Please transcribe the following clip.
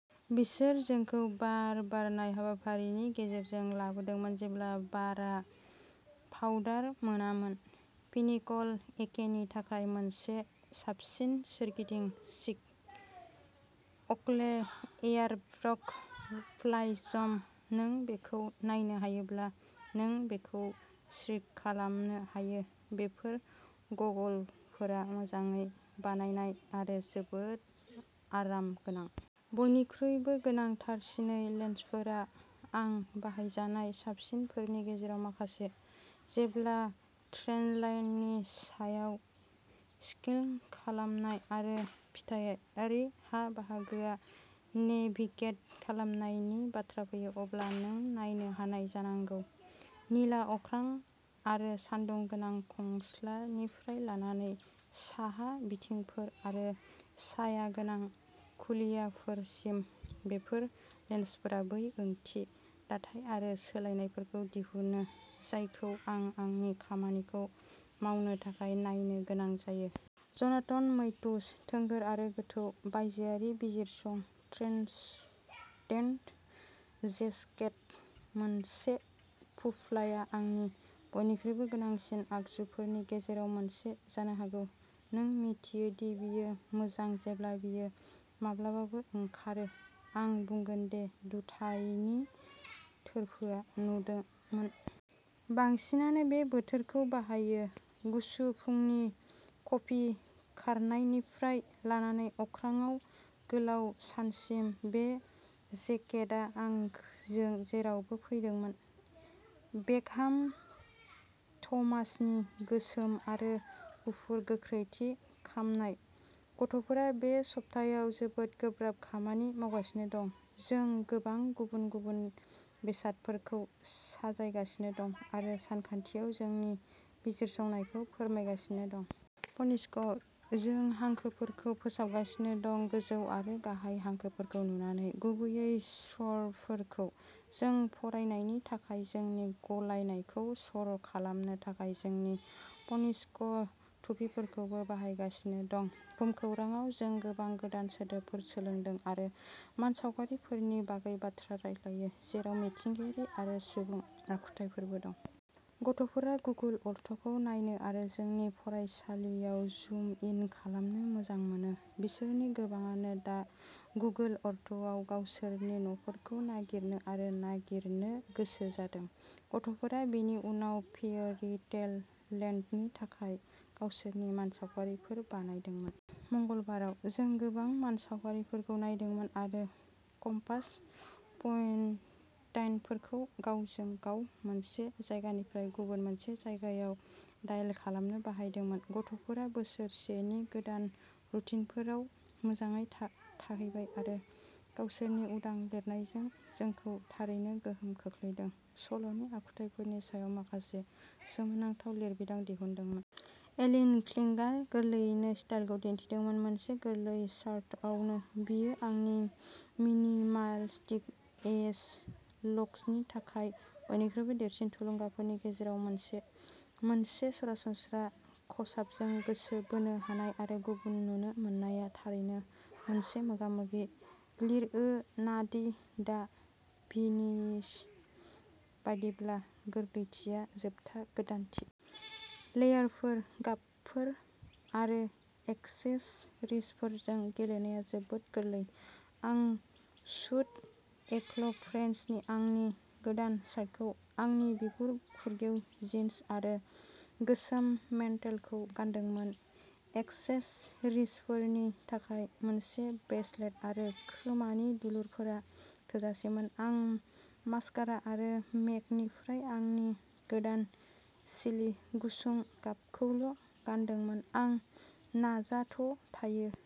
बिसोर जोंखौ बार बारनाय हाबाफारिनि गेजेरजों लाबोदोंमोन जेब्ला बारा पाउडार मोनामोन। पिनेकलआ एकेनि थाखाय मोनसे साबसिन सोरगिदिं स्कि। अकले एयारब्रेक प्राइजम-"नों बेखौ नायनो हायोब्ला नों बेखौ स्कि खालामनो हायो।" बेफोर गगलफोरा मोजाङै बानायनाय आरो जोबोद आरामगोनां। बयनिख्रुइबो गोनांथारसिनै लेन्सफोरा आं बाहायजानाय साबसिनफोरनि गेजेराव माखासे। जेब्ला ट्रेइलाइननि सायाव स्किइं खालामनाय आरो फिथायारि हा-बाहागोआव नेभिगेट खालामनायनि बाथ्रा फैयो, अब्ला नों नायनो हानाय जानांगौ। निला अख्रां आरो सान्दुं गोनां खंस्लायनिफ्राय लानानै साहा बिथिंफोर आरो सायागोनां कुलियारफोरसिम बेफोर लेन्सफोरा बै ओंथि, दाथाय आरो सोलायनायफोरखौ दिहुनो जायखौ आं आंनि खामानिखौ मावनो थाखाय नायनो गोनां जायो। Jonathan Matthews. थोंगोर आरो गोथौ। बायजोआरि बिजिरसं ट्रेन्सडेन्ट जेकेट-मोनसे फुफ्लाया आंनि बयनिख्रुइबो गोनांसिन आगजुफोरनि गेजेराव मोनसे जानो हागौ। नों मिन्थियो दि बेयो मोजां जेब्ला बेयो माब्लाबाबो ओंखारो। आं बुंगोन बे दुंथायनि थोरफोआ नुदोंमोन। बांसिनानो बे बोथोरखौ बाहायो। गुसु फुंनि कफि खारनायनिफ्राय लानानै अख्राङाव गोलाव सानसिम बे जेकेटआ आंजों जेरावबो फैदोंमोन। बेकहाम थमासनि गोसोम आरो गुफुर गोख्रैथि खामनाय। गथ'फोरा बे सप्तायाव जोबोद गोब्राब खामानि मावगासिनो दं। जों गोबां गुबुन-गुबुन बेसादफोरखौ साजायगासिनो दं आरो सानखान्थियाव जोंनि बिजिरनायखौ फोरमायगासिनो दं। फनिक्सआव, जों हांखोफोरखौ फोसाबगासिनो दं-गोजौ आरो गाहाय हांखोफोरखौ नुनानै, गुबैयै स्वरफोरखौ। जों फरायनायनि थाखाय जोंनि गलायनायखौ सर'खालामनो थाखाय जोंनि फनिक्स टुपिफोरखौबो बाहायगासिनो दं। भुमखौरांआव, जों गोबां गोदान सोदोबफोर सोलोंदों आरो मानसावगारिफोरनि बागै बाथ्रा रायज्लायो, जेराव मिथिंगायारि आरो सुबुं आखुथायफोरबो दं। गथ'फोरा गुगोल आर्थखौ नायनो आरो जोंनि फरायसालियाव जुम इन खालामनो मोजां मोनो। बिसोरनि गोबांआनो दा गुगोल आर्थआव गावसोरनि न'फोरखौ नागिरनो आरो नागिरनो गोसो जादों! गथ'फोरा बेनि उनाव फेयरी टेल लेन्डनि थाखाय गावसोरनि मानसावगारिफोर बानायदोंमोन। मंगलबाराव। जों गोबां मानसावगारिफोरखौ नायदोंमोन आरो कम्पास पइन्टफोरखौ गावजों-गाव मोनसे जायगानिफ्राय गुबुन मोनसे जायगायाव डायेट खालामनो बाहायदोंमोन। गथ'फोरा बोसोर से नि गोदान रुटिनफोराव मोजाङै थाहैबाय आरो गावसोरनि उदां लिरनायजों जोंखौ थारैनो गोहोम खोख्लैदोंमोन, सल'नि आखुफोरनि सायाव माखासे सोमोनांथाव लिरबिदां दिहुनदोंमोन। एलिन क्लिंगआ गोरलैयैनो स्टाइलखौ दिन्थिदों, मोनसे गोरलै शार्टआवबो। बियो आंनि मिनिमालिस्ट एज लुक्सनि थाखाय बयनिख्रुइ देरसिन थुलुंगाफोरनि गेजेराव मोनसे। मोनसे सरासनस्रा खसाबजों गोसो बोनो हानाय आरो गुबुन नुनो मोननाया थारैनो मोनसे मोगामोगि। लिओनार्दो दा भिन्चिनि बायदिब्ला, गोरलैथिया जोबथा गोदानथि। लेयारफोर, गाबफोर आरो एक्सेसरिजफोरजों गेलेनाया जोबोद गोरलै। आं सुद एक्सप्रेसनि आंनि गोदान शार्टखौ, आंनि बिगुर फुरगेव जिन्स आरो गोसोम मेन्टेलखौ गानदोंमोन। एक्सेसरिजफोरनि थाखाय, मोनसे ब्रेसलेट आरो खोमानि दुलुरफोरा थोजासेमोन। आं मास्कारा आरो मेकनिफ्राय आंनि गोदान "चिलि" गुसुं गाबखौल'गानदोंमोन। आं नाजाथ'थायो।